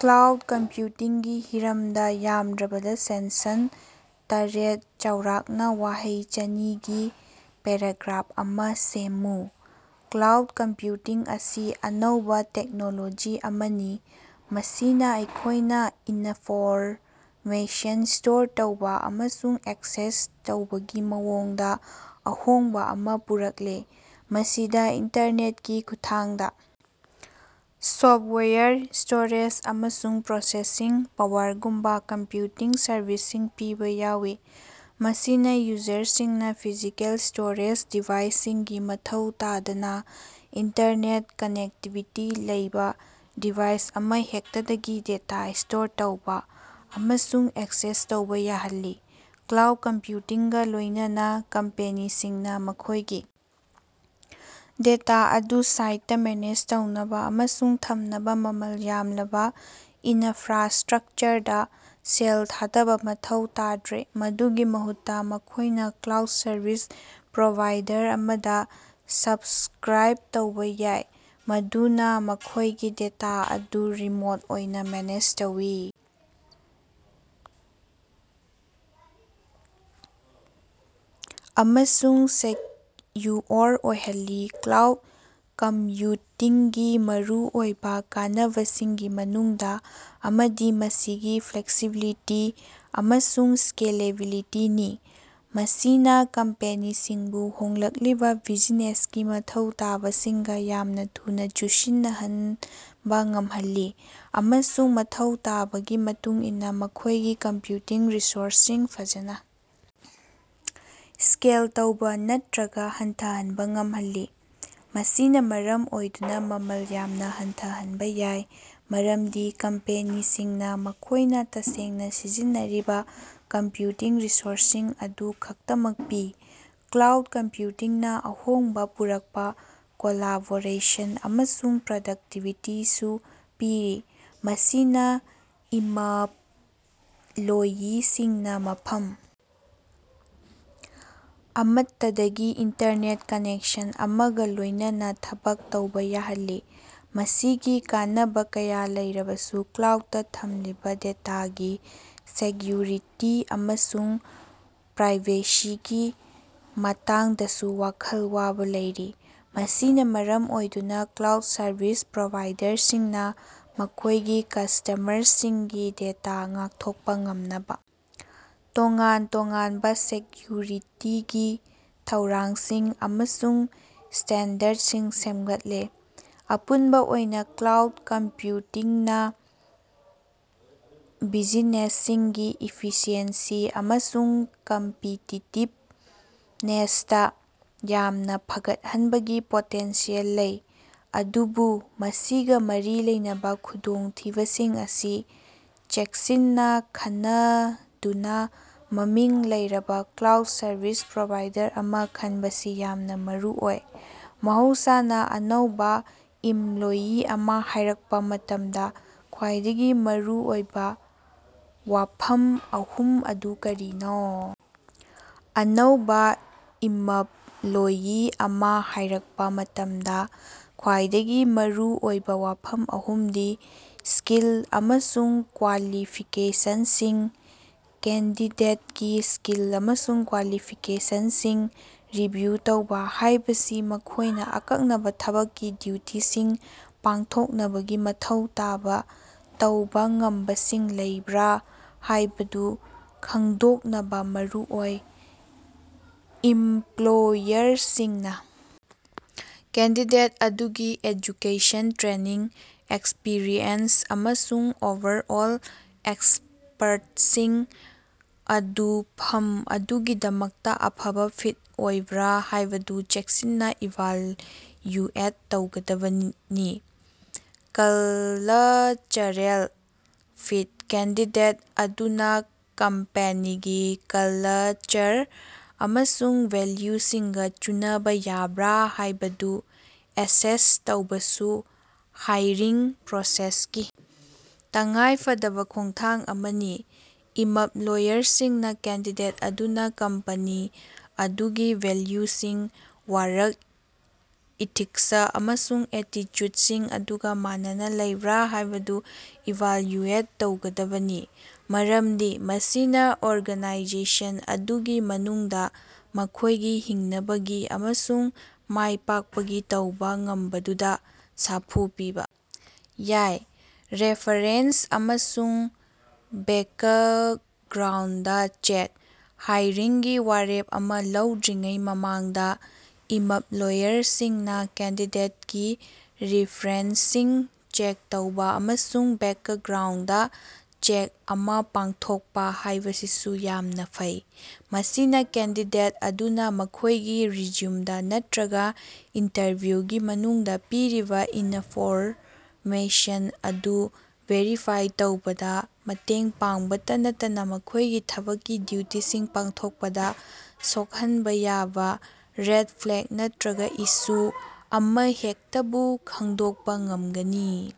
Cloud ꯀꯝꯄ꯭ꯌꯨꯇꯤꯡꯒꯤ ꯍꯤꯔꯝꯗ ꯌꯥꯝꯗ꯭ꯔꯕꯗ ꯁꯦꯟꯁꯟ ꯇꯔꯦꯠ ꯆꯥꯎꯔꯥꯛꯅ ꯋꯥꯍꯩ ꯆꯅꯤꯒꯤ ꯄꯦꯔꯥꯒ꯭ꯔꯥꯐ ꯑꯃ ꯁꯦꯝꯃꯨ꯫ ꯀ꯭ꯂꯥꯎꯗ ꯀꯝꯄ꯭ꯌꯨꯇꯤꯡ ꯑꯁꯤ ꯑꯅꯧꯕ ꯇꯦꯛꯅꯣꯂꯣꯖꯤ ꯑꯃꯅꯤ ꯃꯁꯤꯅ ꯑꯩꯈꯣꯏꯅ ꯏꯅꯐꯣꯔꯃꯦꯁꯟ ꯁ꯭ꯇꯣꯔ ꯇꯧꯕ ꯑꯃꯁꯨꯡ ꯑꯦꯛꯁꯦꯁ ꯇꯧꯕꯒꯤ ꯃꯑꯣꯡꯗ ꯑꯍꯣꯡꯕ ꯑꯃ ꯄꯨꯔꯛꯂꯦ꯫ ꯃꯁꯤꯗ ꯏꯟꯇꯔꯅꯦꯠꯀꯤ ꯈꯨꯠꯊꯥꯡꯗ ꯁꯣꯐꯇꯋꯥꯌꯔ, ꯁ꯭ꯇꯣꯔꯦꯖ, ꯑꯃꯁꯨꯡ ꯄ꯭ꯔꯣꯁꯦꯁꯤꯡ ꯄꯥꯋꯔꯒꯨꯝꯕ ꯀꯝꯄ꯭ꯌꯨꯇꯤꯡ ꯁꯔꯚꯤꯁꯁꯤꯡ ꯄꯤꯕ ꯌꯥꯎꯏ꯫ ꯃꯁꯤꯅ ꯌꯨꯖꯔꯁꯤꯡꯅ ꯐꯤꯖꯤꯀꯦꯜ ꯁ꯭ꯇꯣꯔꯦꯖ ꯗꯤꯚꯥꯏꯁꯁꯤꯡꯒꯤ ꯃꯊꯧ ꯇꯥꯗꯅ ꯏꯟꯇꯔꯅꯦꯠ ꯀꯅꯦꯛꯇꯤꯚꯤꯇꯤ ꯂꯩꯕ ꯗꯤꯚꯥꯏꯁ ꯑꯃꯍꯦꯛꯇꯗꯒꯤ ꯗꯦꯇꯥ ꯁ꯭ꯇꯣꯔ ꯇꯧꯕ ꯑꯃꯁꯨꯡ ꯑꯦꯛꯁꯦꯁ ꯇꯧꯕ ꯌꯥꯍꯜꯂꯤ꯫ ꯀ꯭ꯂꯥꯎꯗ ꯀꯝꯄ꯭ꯌꯨꯇꯤꯡꯒ ꯂꯣꯏꯅꯅ ꯀꯝꯄꯦꯅꯤꯁꯤꯡꯅ ꯃꯈꯣꯏꯒꯤ ꯗꯦꯇꯥ ꯑꯗꯨ ꯁꯥꯏꯠꯇ ꯃꯦꯅꯦꯖ ꯇꯧꯅꯕ ꯑꯃꯁꯨꯡ ꯊꯝꯅꯕ ꯃꯃꯜ ꯌꯥꯝꯂꯕ ꯏꯅꯐ꯭ꯔꯥꯁ꯭ꯇꯔꯛꯆꯔꯗ ꯁꯦꯜ ꯊꯥꯗꯕ ꯃꯊꯧ ꯇꯥꯗ꯭ꯔꯦ꯫ ꯃꯗꯨꯒꯤ ꯃꯍꯨꯠꯇ ꯃꯈꯣꯏꯅ ꯀ꯭ꯂꯥꯎꯗ ꯁꯔꯚꯤꯁ ꯄ꯭ꯔꯣꯚꯥꯏꯗꯔ ꯑꯃꯗ ꯁꯕꯁ꯭ꯀꯔꯥꯏꯕ ꯇꯧꯕ ꯌꯥꯏ꯫ ꯃꯗꯨꯅ ꯃꯈꯣꯏꯒꯤ ꯗꯦꯇꯥ ꯑꯗꯨ ꯔꯤꯃꯣꯠ ꯑꯣꯏꯅ ꯃꯦꯅꯦꯖ ꯇꯧꯏ ꯫ ꯑꯃꯁꯨꯡ ꯁꯦꯛꯌꯨꯑꯣꯔ ꯑꯣꯏꯍꯜꯂꯤ꯫ ꯀ꯭ꯂꯥꯎꯗ ꯀꯝꯞꯌꯨꯇꯤꯡꯒꯤ ꯃꯔꯨꯑꯣꯏꯕ ꯀꯥꯟꯅꯕꯁꯤꯡꯒꯤ ꯃꯅꯨꯡꯗ ꯑꯃꯗꯤ ꯃꯁꯤꯒꯤ ꯐ꯭ꯂꯦꯛꯁꯤꯕꯤꯂꯤꯇꯤ ꯑꯃꯁꯨꯡ ꯁ꯭ꯀꯦꯂꯦꯕꯤꯂꯤꯇꯤꯅꯤ꯫ ꯃꯁꯤꯅ ꯀꯝꯄꯦꯅꯤꯁꯤꯡꯕꯨ ꯍꯣꯡꯂꯛꯂꯤꯕ ꯕꯤꯖꯤꯅꯦꯁꯀꯤ ꯃꯊꯧ ꯇꯥꯕꯁꯤꯡꯒ ꯌꯥꯝꯅ ꯊꯨꯅ ꯆꯨꯁꯤꯟꯅꯍꯟꯕ ꯉꯝꯍꯜꯂꯤ ꯫ ꯑꯃꯁꯨꯡ ꯃꯊꯧ ꯇꯥꯕꯒꯤ ꯃꯇꯨꯡ ꯏꯟꯅ ꯃꯈꯣꯏꯒꯤ ꯀꯝꯄ꯭ꯌꯨꯇꯤꯡ ꯔꯤꯁꯣꯔꯁꯁꯤꯡ ꯐꯖꯅ ꯁ꯭ꯀꯦꯜ ꯇꯧꯕ ꯅꯠꯇ꯭ꯔꯒ ꯍꯟꯊꯍꯟꯕ ꯉꯝꯍꯜꯂꯤ꯫ ꯃꯁꯤꯅ ꯃꯔꯝ ꯑꯣꯏꯗꯨꯅ ꯃꯃꯜ ꯌꯥꯝꯅ ꯍꯟꯊꯍꯟꯕ ꯌꯥꯏ ꯃꯔꯝꯗꯤ ꯀꯝꯄꯦꯅꯤꯁꯤꯡꯅ ꯃꯈꯣꯏꯅ ꯇꯁꯦꯡꯅ ꯁꯤꯖꯤꯟꯅꯔꯤꯕ ꯀꯝꯄ꯭ꯌꯨꯇꯤꯡ ꯔꯤꯁꯣꯔꯁꯁꯤꯡ ꯑꯗꯨ ꯈꯛꯇꯃꯛ ꯄꯤ꯫ ꯀ꯭ꯂꯥꯎꯗ ꯀꯝꯄ꯭ꯌꯨꯇꯤꯡꯅ ꯑꯍꯣꯡꯕ ꯄꯨꯔꯛꯄ ꯀꯣꯂꯥꯕꯣꯔꯦꯁꯟ ꯑꯃꯁꯨꯡ ꯄ꯭ꯔꯗꯛꯇꯤꯕꯤꯇꯤꯁꯨ ꯄꯤꯔꯤ꯫ ꯃꯁꯤꯅ ꯏꯃꯞꯂꯣꯌꯤꯁꯤꯡꯅ ꯃꯐꯝ ꯑꯃꯠꯇꯗꯒꯤ ꯏꯟꯇꯔꯅꯦꯠ ꯀꯅꯦꯛꯁꯟ ꯑꯃꯒ ꯂꯣꯏꯅꯅ ꯊꯕꯛ ꯇꯧꯕ ꯌꯥꯍꯜꯂꯤ꯫ ꯃꯁꯤꯒꯤ ꯀꯥꯟꯅꯕ ꯀꯌꯥ ꯂꯩꯔꯕꯁꯨ ꯀ꯭ꯂꯥꯎꯗꯇ ꯊꯝꯂꯤꯕ ꯗꯦꯇꯥꯒꯤ ꯁꯦꯛꯌꯨꯔꯤꯇꯤ ꯑꯃꯁꯨꯡ ꯄ꯭ꯔꯥꯏꯕꯦꯁꯤꯒꯤ ꯃꯇꯥꯡꯗꯁꯨ ꯋꯥꯈꯜ ꯋꯥꯕ ꯂꯩꯔꯤ꯫ ꯃꯁꯤꯅ ꯃꯔꯝ ꯑꯣꯏꯗꯨꯅ ꯀ꯭ꯂꯥꯎꯗ ꯁꯔꯕꯤꯁ ꯄ꯭ꯔꯣꯚꯥꯏꯗꯔꯁꯤꯡꯅ ꯃꯈꯣꯏꯒꯤ ꯀꯁ꯭ꯇꯃꯔꯁꯤꯡꯒꯤ ꯗꯦꯇꯥ ꯉꯥꯛꯊꯣꯛꯄ ꯉꯝꯅꯕ ꯇꯣꯉꯥꯟ ꯇꯣꯉꯥꯟꯕ ꯁꯦꯛꯌꯨꯔꯤꯇꯤꯒꯤ ꯊꯧꯔꯥꯡꯁꯤꯡ ꯑꯃꯁꯨꯡ ꯁ꯭ꯇꯦꯟꯗꯔꯗꯁꯤꯡ ꯁꯦꯝꯒꯠꯂꯦ꯫ ꯑꯄꯨꯟꯕ ꯑꯣꯏꯅ ꯀ꯭ꯂꯥꯎꯗ ꯀꯝꯄ꯭ꯌꯨꯇꯤꯡꯅ ꯕꯤꯖꯤꯅꯦꯁꯁꯤꯡꯒꯤ ꯏꯐꯤꯁꯤꯑꯦꯟꯁꯤ ꯑꯃꯁꯨꯡ ꯀꯝꯄꯤꯇꯤꯇꯤꯞꯅꯦꯁꯇ ꯌꯥꯝꯅ ꯐꯒꯠꯍꯟꯕꯒꯤ ꯄꯣꯇꯦꯟꯁꯤꯌꯦꯜ ꯂꯩ꯫ ꯑꯗꯨꯕꯨ ꯃꯁꯤꯒ ꯃꯔꯤ ꯂꯩꯅꯕ ꯈꯨꯗꯣꯡꯊꯤꯕꯁꯤꯡ ꯑꯁꯤ ꯆꯦꯛꯁꯤꯟꯅ ꯈꯟꯅꯗꯨꯅ ꯃꯃꯤꯡ ꯂꯩꯔꯕ ꯀ꯭ꯂꯥꯎꯗ ꯁꯔꯕꯤꯁ ꯄ꯭ꯔꯣꯚꯥꯏꯗꯔ ꯑꯃ ꯈꯟꯕꯁꯤ ꯌꯥꯝꯅ ꯃꯔꯨꯑꯣꯏ꯫ ꯃꯍꯧꯁꯥꯅ ꯑꯅꯧꯕ ꯏꯝꯞꯂꯣꯌꯤ ꯑꯃ ꯍꯥꯏꯔꯛꯄ ꯃꯇꯝꯗ ꯈ꯭ꯋꯥꯏꯗꯒꯤ ꯃꯔꯨꯑꯣꯏꯕ ꯋꯥꯐꯝ ꯑꯍꯨꯝ ꯑꯗꯨ ꯀꯔꯤꯅꯣ? ꯑꯅꯧꯕ ꯏꯃꯞꯂꯣꯌꯤ ꯑꯃ ꯍꯥꯏꯔꯛꯄ ꯃꯇꯝꯗ ꯈ꯭ꯋꯥꯏꯗꯒꯤ ꯃꯔꯨꯑꯣꯏꯕ ꯋꯥꯐꯝ ꯑꯍꯨꯝꯗꯤ: ꯁ꯭ꯀꯤꯜ ꯑꯃꯁꯨꯡ ꯀ꯭ꯋꯥꯂꯤꯐꯤꯀꯦꯁꯟꯁꯤꯡ: ꯀꯦꯟꯗꯤꯗꯦꯠꯀꯤ ꯁ꯭ꯀꯤꯜ ꯑꯃꯁꯨꯡ ꯀ꯭ꯋꯥꯂꯤꯐꯤꯀꯦꯁꯟꯁꯤꯡ ꯔꯤꯚꯤꯌꯨ ꯇꯧꯕ ꯍꯥꯏꯕꯁꯤ ꯃꯈꯣꯏꯅ ꯑꯀꯛꯅꯕ ꯊꯕꯛꯀꯤ ꯗ꯭ꯌꯨꯇꯤꯁꯤꯡ ꯄꯥꯡꯊꯣꯛꯅꯕꯒꯤ ꯃꯊꯧ ꯇꯥꯕ ꯇꯧꯕ ꯉꯝꯕꯁꯤꯡ ꯂꯩꯕ꯭ꯔ ꯍꯥꯏꯕꯗꯨ ꯈꯪꯗꯣꯛꯅꯕ ꯃꯔꯨꯑꯣꯏ꯫ ꯏꯝꯄꯂꯣꯌꯔꯁꯤꯡꯅ ꯀꯦꯟꯗꯤꯗꯦꯠ ꯑꯗꯨꯒꯤ ꯑꯦꯖꯨꯀꯦꯁꯟ, ꯇ꯭ꯔꯦꯅꯤꯡ, ꯑꯦꯛꯁꯄꯤꯔꯤꯑꯦꯟꯁ ꯑꯃꯁꯨꯡ ꯑꯣꯚꯔꯑꯣꯜ ꯑꯦꯛꯁꯄꯔꯇꯁꯤꯡ ꯑꯗꯨ ꯐꯝ ꯑꯗꯨꯒꯤꯗꯃꯛꯇ ꯑꯐꯕ ꯐꯤꯠ ꯑꯣꯏꯕ꯭ꯔ ꯍꯥꯏꯕꯗꯨ ꯆꯦꯛꯁꯤꯟꯅ ꯏꯚꯥꯜꯌꯨꯑꯦꯠ ꯇꯧꯒꯗꯕꯅꯤ꯫ ꯀꯂꯆꯔꯦꯜ ꯐꯤꯠ: ꯀꯦꯟꯗꯤꯗꯦꯠ ꯑꯗꯨꯅ ꯀꯝꯄꯦꯅꯤꯒꯤ ꯀꯂꯆꯔ ꯑꯃꯁꯨꯡ ꯚꯦꯜꯌꯨꯁꯤꯡꯒ ꯆꯨꯅꯕ ꯌꯥꯕꯔ ꯍꯥꯏꯕꯗꯨ ꯑꯦꯁꯦꯁ ꯇꯧꯕꯁꯨ ꯍꯥꯏꯔꯤꯡ ꯄ꯭ꯔꯣꯁꯦꯁꯀꯤ ꯇꯉꯥꯏ ꯐꯗꯕ ꯈꯣꯡꯊꯥꯡ ꯑꯃꯅꯤ꯫ ꯏꯃꯞꯂꯣꯌꯔꯁꯤꯡꯅ ꯀꯦꯟꯗꯤꯗꯦꯠ ꯑꯗꯨꯅ ꯀꯝꯄꯅꯤ ꯑꯗꯨꯒꯤ ꯚꯦꯜꯌꯨꯁꯤꯡ, ꯋꯥꯔꯛ ꯏꯊꯤꯛꯁ ꯑꯃꯁꯨꯡ ꯑꯦꯇꯤꯆꯨꯗꯁꯤꯡ ꯑꯗꯨꯒ ꯃꯥꯟꯅꯅ ꯂꯩꯕ꯭ꯔꯥ ꯍꯥꯏꯕꯗꯨ ꯏꯚꯥꯜꯌꯨꯑꯦꯠ ꯇꯧꯒꯗꯕꯅꯤ꯫ ꯃꯔꯝꯗꯤ ꯃꯁꯤꯅ ꯑꯣꯔꯒꯥꯅꯥꯏꯖꯦꯁꯟ ꯑꯗꯨꯒꯤ ꯃꯅꯨꯡꯗ ꯃꯈꯣꯏꯒꯤ ꯍꯤꯡꯅꯕꯒꯤ ꯑꯃꯁꯨꯡ ꯃꯥꯏꯄꯥꯛꯄꯒꯤ ꯇꯧꯕ ꯉꯝꯕꯗꯨꯗ ꯁꯥꯐꯨ ꯄꯤꯕ ꯌꯥꯏ꯫ ꯔꯦꯐꯥꯔꯦꯟꯁ ꯑꯃꯁꯨꯡ ꯕꯦꯀꯒ꯭ꯔꯥꯎꯟꯗ ꯆꯦꯛ: ꯍꯥꯏꯔꯤꯡꯒꯤ ꯋꯥꯔꯦꯞ ꯑꯃ ꯂꯧꯗ꯭ꯔꯤꯉꯩ ꯃꯃꯥꯡꯗ, ꯏꯃꯞꯂꯣꯌꯔꯁꯤꯡꯅ ꯀꯦꯟꯗꯤꯗꯦꯠꯀꯤ ꯔꯤꯐꯔꯦꯟꯁꯁꯤꯡ ꯆꯦꯛ ꯇꯧꯕ ꯑꯃꯁꯨꯡ ꯕꯦꯀꯒ꯭ꯔꯥꯎꯟꯗ ꯆꯦꯛ ꯑꯃ ꯄꯥꯡꯊꯣꯛꯄ ꯍꯥꯏꯕꯁꯤꯁꯨ ꯌꯥꯝꯅ ꯐꯩ꯫ ꯃꯁꯤꯅ ꯀꯦꯟꯗꯤꯗꯦꯠ ꯑꯗꯨꯅ ꯃꯈꯣꯏꯒꯤ ꯔꯤꯖ꯭ꯌꯨꯝꯗ ꯅꯠꯇ꯭ꯔꯒ ꯏꯟꯇꯔꯚ꯭ꯌꯨꯒꯤ ꯃꯅꯨꯡꯗ ꯄꯤꯔꯤꯕ ꯏꯅꯐꯣꯔꯃꯦꯁꯟ ꯑꯗꯨ ꯚꯦꯔꯤꯐꯥꯏ ꯇꯧꯕꯗ ꯃꯇꯦꯡ ꯄꯥꯡꯕꯇ ꯅꯠꯇꯅ ꯃꯈꯣꯢꯒꯤ ꯊꯕꯛꯀꯤ ꯗ꯭ꯌꯨꯇꯤꯁꯤꯡ ꯄꯥꯡꯊꯣꯛꯄꯗ ꯁꯣꯛꯍꯟꯕ ꯌꯥꯕ ꯔꯦꯗ ꯐ꯭ꯂꯦꯒ ꯅꯠꯇ꯭ꯔꯒ ꯏꯁꯨ ꯑꯃꯍꯦꯛꯇꯕꯨ ꯈꯪꯗꯣꯛꯄ ꯉꯝꯒꯅꯤ꯫।